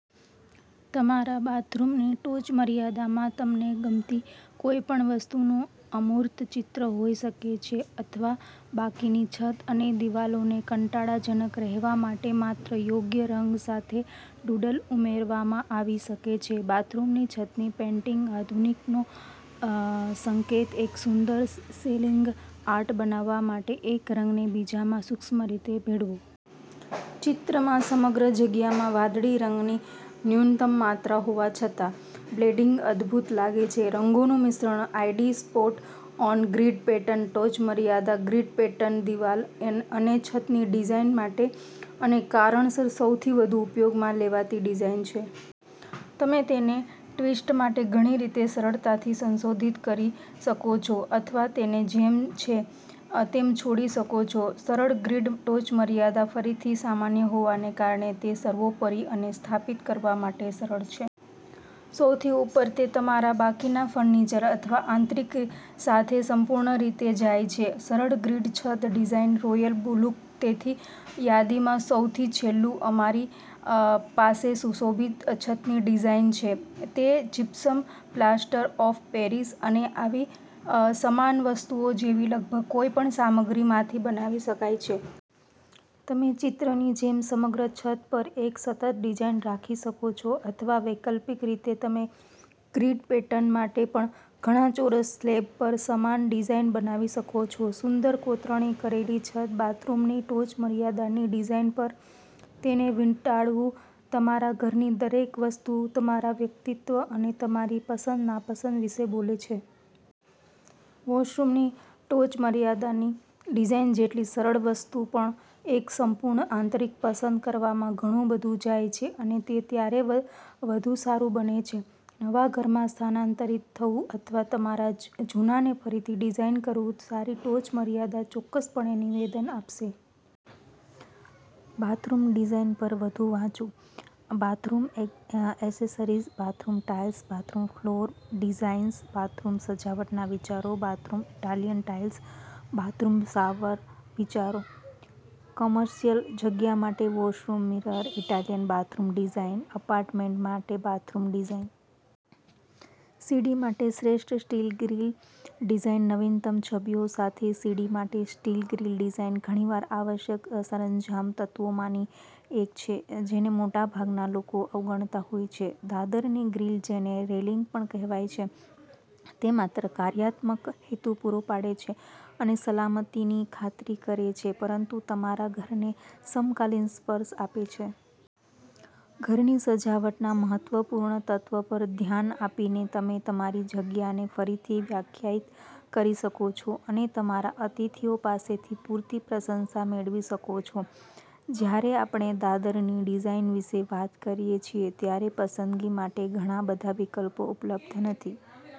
તમારા બાથરૂમની ટોચમર્યાદામાં તમને ગમતી કોઈપણ વસ્તુનું અમૂર્ત ચિત્ર હોઈ શકે છે અથવા બાકીની છત અને દિવાલોને કંટાળાજનક રહેવા માટે માત્ર યોગ્ય રંગ સાથે ડૂડલ ઉમેરવામાં આવી શકે છે. બાથરૂમની છતની પેઇન્ટિંગ આધુનિકનો સંકેત એક સુંદર સીલિંગ આર્ટ બનાવવા માટે એક રંગને બીજામાં સૂક્ષ્મ રીતે ભેળવો. ચિત્રમાં સમગ્ર જગ્યામાં વાદળી રંગની ન્યૂનતમ માત્રા હોવા છતાં, બ્લેડિંગ અદ્ભુત લાગે છે. રંગોનું મિશ્રણ આઈડી સ્પોટ-ઓન ગ્રીડ પેટર્ન ટોચમર્યાદા ગ્રીડ પેટર્નદિવાલ અને છતની ડિઝાઇન માટે અને કારણસર સૌથી વધુ ઉપયોગમાં લેવાતી ડિઝાઇન છે. તમે તેને ટ્વિસ્ટ માટે ઘણી રીતે સરળતાથી સંશોધિત કરી શકો છો અથવા તેને જેમ છે તેમ છોડી શકો છો. સરળ ગ્રીડ ટોચમર્યાદા, ફરીથી સામાન્ય હોવાને કારણે તે સર્વોપરી અને સ્થાપિત કરવા માટે સરળ છે. સૌથી ઉપર, તે તમારા બાકીના ફર્નિચર અથવા આંતરિક સાથે સંપૂર્ણ રીતે જાય છે. સરળ ગ્રીડ છત ડિઝાઇન રોયલ લુક તેથી યાદીમાં સૌથી છેલ્લું અમારી પાસે સુશોભિત છતની ડિઝાઇન છે. તે જીપ્સમ, પ્લાસ્ટર ઓફ પેરિસ અને આવી સમાન વસ્તુઓ જેવી લગભગ કોઈપણ સામગ્રીમાંથી બનાવી શકાય છે. તમે ચિત્રની જેમ, સમગ્ર છત પર એક સતત ડિઝાઇન રાખી શકો છો. અથવા વૈકલ્પિક રીતે તમે ગ્રીડ પેટર્ન માટે પણ ઘણા ચોરસ સ્લેબ પર સમાન ડિઝાઇન બનાવી શકો છો. સુંદર કોતરણી કરેલી છત બાથરૂમની ટોચમર્યાદાની ડિઝાઇન પર તેને વીંટાળવું તમારા ઘરની દરેક વસ્તુ તમારા વ્યક્તિત્વ અને તમારી પસંદ-નાપસંદ વિશે બોલે છે. વૉશરૂમની ટોચમર્યાદાની ડિઝાઇન જેટલી સરળ વસ્તુ પણ. એક સંપૂર્ણ આંતરિક પસંદ કરવામાં ઘણું બધું જાય છે અને તે ત્યારે વધુ સારું બને છે. નવા ઘરમાં સ્થાનાંતરિત થવું અથવા તમારા જૂનાને ફરીથી ડિઝાઇન કરવું, સારી ટોચમર્યાદા ચોક્કસપણે નિવેદન આપશે. બાથરૂમ ડિઝાઇન પર વધુ વાંચો, bathroom accessories, bathroom tiles, bathroom floor designs, bathroom સજાવટના વિચારો, bathroom Italian tiles, bathroom shower વિચારો, કોમર્શિયલ જગ્યા માટે washroom mirror, Italian bathroom design, apartment માટે બાથરૂમ ડિઝાઇન. સીડી માટે શ્રેષ્ઠ સ્ટીલ ગ્રીલ ડિઝાઇન નવીનતમ છબીઓ સાથે સીડી માટે સ્ટીલ ગ્રીલ ડિઝાઇન ઘણીવાર આવશ્યક સરંજામ તત્વોમાંની એક છે જેને મોટાભાગના લોકો અવગણતા હોય છે. દાદરની ગ્રીલ, જેને રેલિંગ પણ કહેવાય છે, તે માત્ર કાર્યાત્મક હેતુપૂરો પાડે છે અને સલામતીની ખાતરી કરે છે પરંતુ તમારા ઘરને સમકાલીન સ્પર્શ આપે છે. ઘરની સજાવટના મહત્વપૂર્ણ તત્વ પર ધ્યાન આપીને તમે તમારી જગ્યાને ફરીથી વ્યાખ્યાયિત કરી શકો છો અને તમારા અતિથિઓ પાસેથી પૂરતી પ્રશંસા મેળવી શકો છો. જ્યારે આપણે દાદરની ડિઝાઇન વિશે વાત કરીએ છીએ ત્યારે પસંદગી માટે ઘણા બધા વિકલ્પો ઉપલબ્ધ નથી.